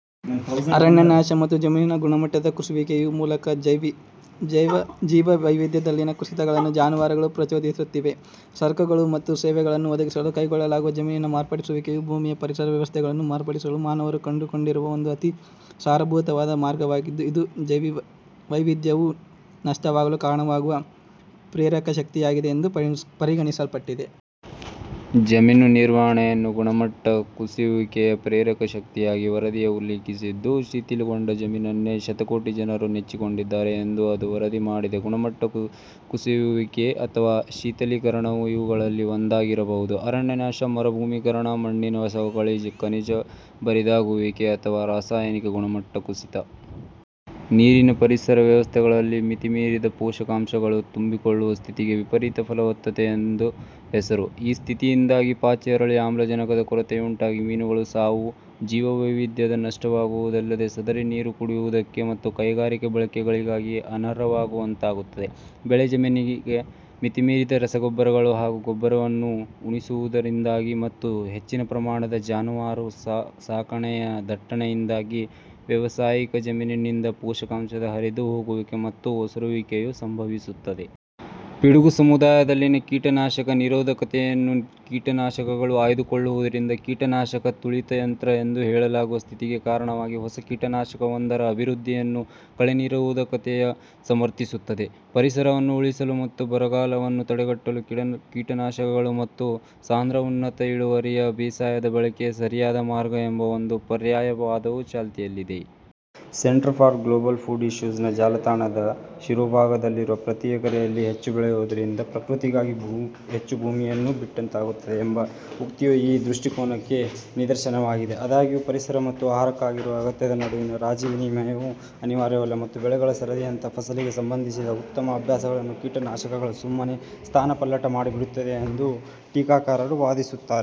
ಅರಣ್ಯನಾಶ ಮತ್ತು ಜಮೀನಿನ ಗುಣಮಟ್ಟದ ಕುಸಿಯುವಿಕೆಯ ಮೂಲಕ, ಜೀವವೈವಿಧ್ಯದಲ್ಲಿನ ಕುಸಿತಗಳನ್ನೂ ಜಾನುವಾರುಗಳು ಪ್ರಚೋದಿಸುತ್ತಿವೆ. ಸರಕುಗಳು ಮತ್ತು ಸೇವೆಗಳನ್ನು ಒದಗಿಸಲು ಕೈಗೊಳ್ಳಲಾಗುವ ಜಮೀನಿನ ಮಾರ್ಪಡಿಸುವಿಕೆಯು ಭೂಮಿಯ ಪರಿಸರ ವ್ಯವಸ್ಥೆಗಳನ್ನು ಮಾರ್ಪಡಿಸಲು ಮಾನವರು ಕಂಡುಕೊಂಡಿರುವ ಒಂದು ಅತಿ ಸಾರಭೂತವಾದ ಮಾರ್ಗವಾಗಿದ್ದು, ಇದು ಜೀವವೈವಿಧ್ಯವು ನಷ್ಟವಾಗಲು ಕಾರಣವಾಗುವ ಪ್ರೇರಕಶಕ್ತಿಯಾಗಿದೆ ಎಂದು ಪರಿಗಣಿಸಲ್ಪಟ್ಟಿದೆ. ಜಮೀನು ನಿರ್ವಹಣೆಯನ್ನು ಗುಣಮಟ್ಟ ಕುಸಿಯುವಿಕೆಯ ಪ್ರೇರಕ ಶಕ್ತಿಯಾಗಿ ವರದಿಯು ಉಲ್ಲೇಖಿಸಿದ್ದು, ಶಿಥಿಲಗೊಂಡ ಜಮೀನನ್ನೇ ಶತಕೋಟಿ ಜನರು ನೆಚ್ಚಿಕೊಂಡಿದ್ದಾರೆ ಎಂದು ಅದು ವರದಿ ಮಾಡಿದೆ. ಗುಣಮಟ್ಟ ಕುಸಿಯುವಿಕೆ ಅಥವಾ ಶಿಥಿಲೀಕರಣವು ಇವುಗಳಲ್ಲಿ ಒಂದಾಗಿರಬಹುದು: ಅರಣ್ಯನಾಶ, ಮರುಭೂಮೀಕರಣ, ಮಣ್ಣಿನ ಸವಕಳಿ, ಖನಿಜ ಬರಿದಾಗುವಿಕೆ, ಅಥವಾ ರಾಸಾಯನಿಕ ಗುಣಮಟ್ಟ ಕುಸಿತ. ನೀರಿನ ಪರಿಸರ ವ್ಯವಸ್ಥೆಗಳಲ್ಲಿ ಮಿತಿಮೀರಿದ ಪೋಷಕಾಂಶಗಳು ತುಂಬಿಕೊಳ್ಳುವ ಸ್ಥಿತಿಗೆ ವಿಪರೀತ ಫಲವತ್ತತೆ ಎಂದು ಹೆಸರು. ಈ ಸ್ಥಿತಿಯಿಂದಾಗಿ, ಪಾಚಿ ಅರಳಿ ಆಮ್ಲಜನಕದ ಕೊರತೆಯುಂಟಾಗಿ ಮೀನುಗಳ ಸಾವು, ಜೀವವೈವಿಧ್ಯದ ನಷ್ಟವಾಗುವುದಲ್ಲದೆ, ಸದರಿ ನೀರು ಕುಡಿಯುವುದಕ್ಕೆ ಮತ್ತು ಕೈಗಾರಿಕಾ ಬಳಕೆಗಳಿಗಾಗಿ ಅನರ್ಹವಾಗುವಂತಾಗುತ್ತದೆ. ಬೆಳೆ ಜಮೀನಿಗೆ ಮಿತಿಮೀರಿದ ರಸಗೊಬ್ಬರಗಳು ಹಾಗೂ ಗೊಬ್ಬರವನ್ನು ಉಣಿಸುವುದರಿಂದಾಗಿ ಮತ್ತು ಹೆಚ್ಚಿನ ಪ್ರಮಾಣದ ಜಾನುವಾರು ಸಾಕಣೆಯ ದಟ್ಟಣೆಯಿಂದಾಗಿ, ವ್ಯಾವಸಾಯಿಕ ಜಮೀನಿನಿಂದ ಪೋಷಕಾಂಶದ ಹರಿದು ಹೋಗುವಿಕೆ ಮತ್ತು ಒಸರುವಿಕೆಯು ಸಂಭವಿಸುತ್ತದೆ. ಪಿಡುಗು ಸಮುದಾಯದಲ್ಲಿನ ಕೀಟನಾಶಕ ನಿರೋಧಕತೆಯನ್ನು ಕೀಟನಾಶಕಗಳು ಆಯ್ದುಕೊಳ್ಳುವುದರಿಂದ 'ಕೀಟನಾಶಕ ತುಳಿತಯಂತ್ರ' ಎಂದು ಹೇಳಲಾಗುವ ಸ್ಥಿತಿಗೆ ಕಾರಣವಾಗಿ, ಹೊಸ ಕೀಟನಾಶಕವೊಂದರ ಅಭಿವೃದ್ಧಿಯನ್ನು ಕಳೆ ನಿರೋಧಕತೆಯು ಸಮರ್ಥಿಸುತ್ತದೆ. 'ಪರಿಸರವನ್ನು ಉಳಿಸಲು' ಮತ್ತು ಬರಗಾಲವನ್ನು ತಡೆಗಟ್ಟಲು ಕೀಟನಾಶಕಗಳು ಹಾಗೂ ಸಾಂದ್ರ ಉನ್ನತ ಇಳುವರಿಯ ಬೇಸಾಯದ ಬಳಕೆಯೇ ಸರಿಯಾದ ಮಾರ್ಗ ಎಂಬ ಒಂದು ಪರ್ಯಾಯ ವಾದವೂ ಚಾಲ್ತಿಯಲ್ಲಿದೆ. ಸೆಂಟರ್ ಫಾರ್ ಗ್ಲೋಬಲ್ ಫುಡ್ ಇಷ್ಯೂಸ್ನ ಜಾಲತಾಣದ ಶಿರೋಭಾಗದಲ್ಲಿರುವ 'ಪ್ರತಿ ಎಕರೆಯಲ್ಲಿ ಹೆಚ್ಚು ಬೆಳೆಯುವುದರಿಂದ ಪ್ರಕೃತಿಗಾಗಿ ಹೆಚ್ಚು ಭೂಮಿಯನ್ನು ಬಿಟ್ಟಂತಾಗುತ್ತದೆ' ಎಂಬ ಉಕ್ತಿಯು ಈ ದೃಷ್ಟಿಕೋನಕ್ಕೆ ನಿದರ್ಶನವಾಗಿದೆ. ಆದಾಗ್ಯೂ, ಪರಿಸರದ ಮತ್ತು ಆಹಾರಕ್ಕಾಗಿರುವ ಅಗತ್ಯದ ನಡುವಿನ ರಾಜಿ-ವಿನಿಮಯವು ಅನಿವಾರ್ಯವಲ್ಲ, ಮತ್ತು ಬೆಳೆಗಳ ಸರದಿಯಂಥ ಫಸಲಿಗೆ ಸಂಬಂಧಿಸಿದ ಉತ್ತಮ ಅಭ್ಯಾಸಗಳನ್ನು ಕೀಟನಾಶಕಗಳು ಸುಮ್ಮನೇ ಸ್ಥಾನಪಲ್ಲಟಮಾಡಿಬಿಡುತ್ತವೆ ಎಂದು ಟೀಕಾಕಾರರು ವಾದಿಸುತ್ತಾರೆ.